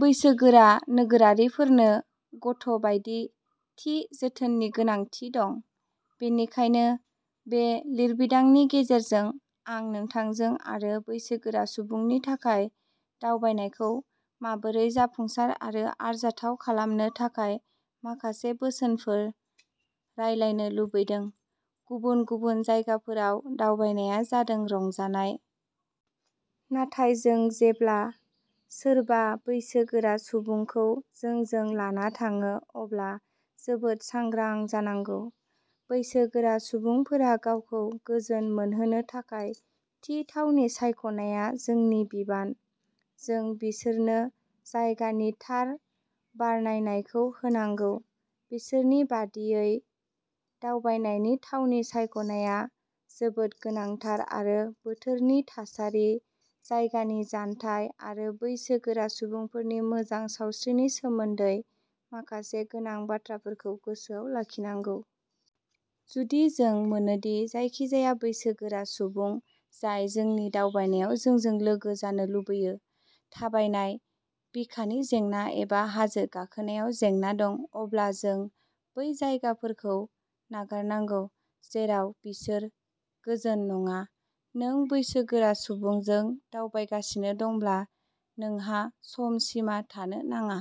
बैसोगोरा नोगोरारिफोरनो गथ'बायदि थि जोथोननि गोनांथि दं। बेनिखायनो बे लिरबिदांनि गेजेरजों आं नोंथांजों आरो बैसोगोरा सुबुंनि थाखाय दावबायनायखौ माबोरै जाफुंसार आरो आरजाथाव खालामनो थाखाय माखासे बोसोनफोर रानलायनो लुबैदों। गुबुन गुबुन जायगाफोराव दावबायनाया जादों रंजानाय। नाथाय जों जेब्ला सोरबा बैसो गोरा सुबुंखौ जोंजों लाना थाङो अब्ला जोबोद सांग्रां जानांगौ। बैसो गोरा सुबुंफोरा गावखौ गोजोन मोनहोनो थाखाय थि थावनि सायख'नाया जोंनि बिबान। जों बिसोरनो जायगानि थार बरनायनायखौ होनांगौ। बिसोरनि बादियै दावबायनायनि थावनि सायख'नाया जोबोद गोनांथार आरो बोथोरनि थासारि, जायगानि जानथाय आरो बैसो गोरा सुबुंफोरनि मोजां सावस्रिनि सोमोन्दै माखासे गोनां बाथ्राफोरखौ गोसोआव लाखिनांगौ। जुदि जों मोनोदि जायखिजाया बैसो गोरा सुबुं जाय जोंनि दावबायनायाव जोंजों लोगो जानो लुबैयो, थाबायनाय, बिखानि जेंना एबा हाजो गाखोनायाव जेंना दं, अब्ला जों बै जायगाफोरखौ नागारनांगौ जेराव बिसोर गोजोन नङा। नों बैसो गोरा सुबुंजों दावबायगासिनो दंब्ला नोंहा सम सिमा थानो नाङा।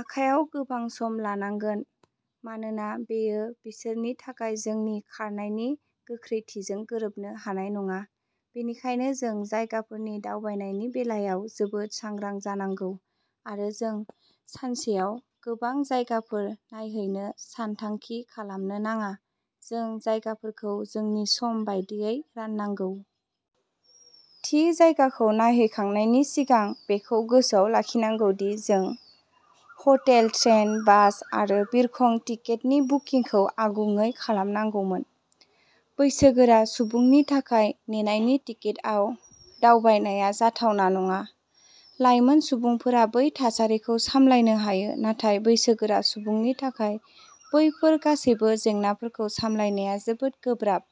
आखायाव गोबां सम लानांगोन मानोना बेयो बिसोरनि थाखाय जोंनि खारनायनि गोख्रैथिजों गोरोबनो हानाय नङा। बेनिखायनो जों जायगाफोरनि दावबायनायनि बेलायाव जोबोद सांग्रा जानांगौ आरो जों सानसेआव गोबां जायगाफोर नायहैनो सानथांखि खालामनो नाङा। जों जायगाफोरखौ जोंनि सम बायदियै राननांगौ। थि जायगाखौ नायहैनायनि सिगां बेखौ गोसोआव लाखिनांगौ दि जों हटेल, ट्रेन, बास आरो बिरखं टिकेटनि बुकिंखौ आगुयै खालामनांगौमोन। बैसोगोरा सुबुंनि थाखाय नेनायनि टिकेटआव दावबायनाया जाथावना नङा। लाइमोन सुबुंफोरा बै थासारिखौ सामलायनो हायो नाथाय बैसोगोरा सुबुंनि थाखाय बैफोर गासैबो जेंनाफोरखौ सामलायनाया जोबोद गोब्राब।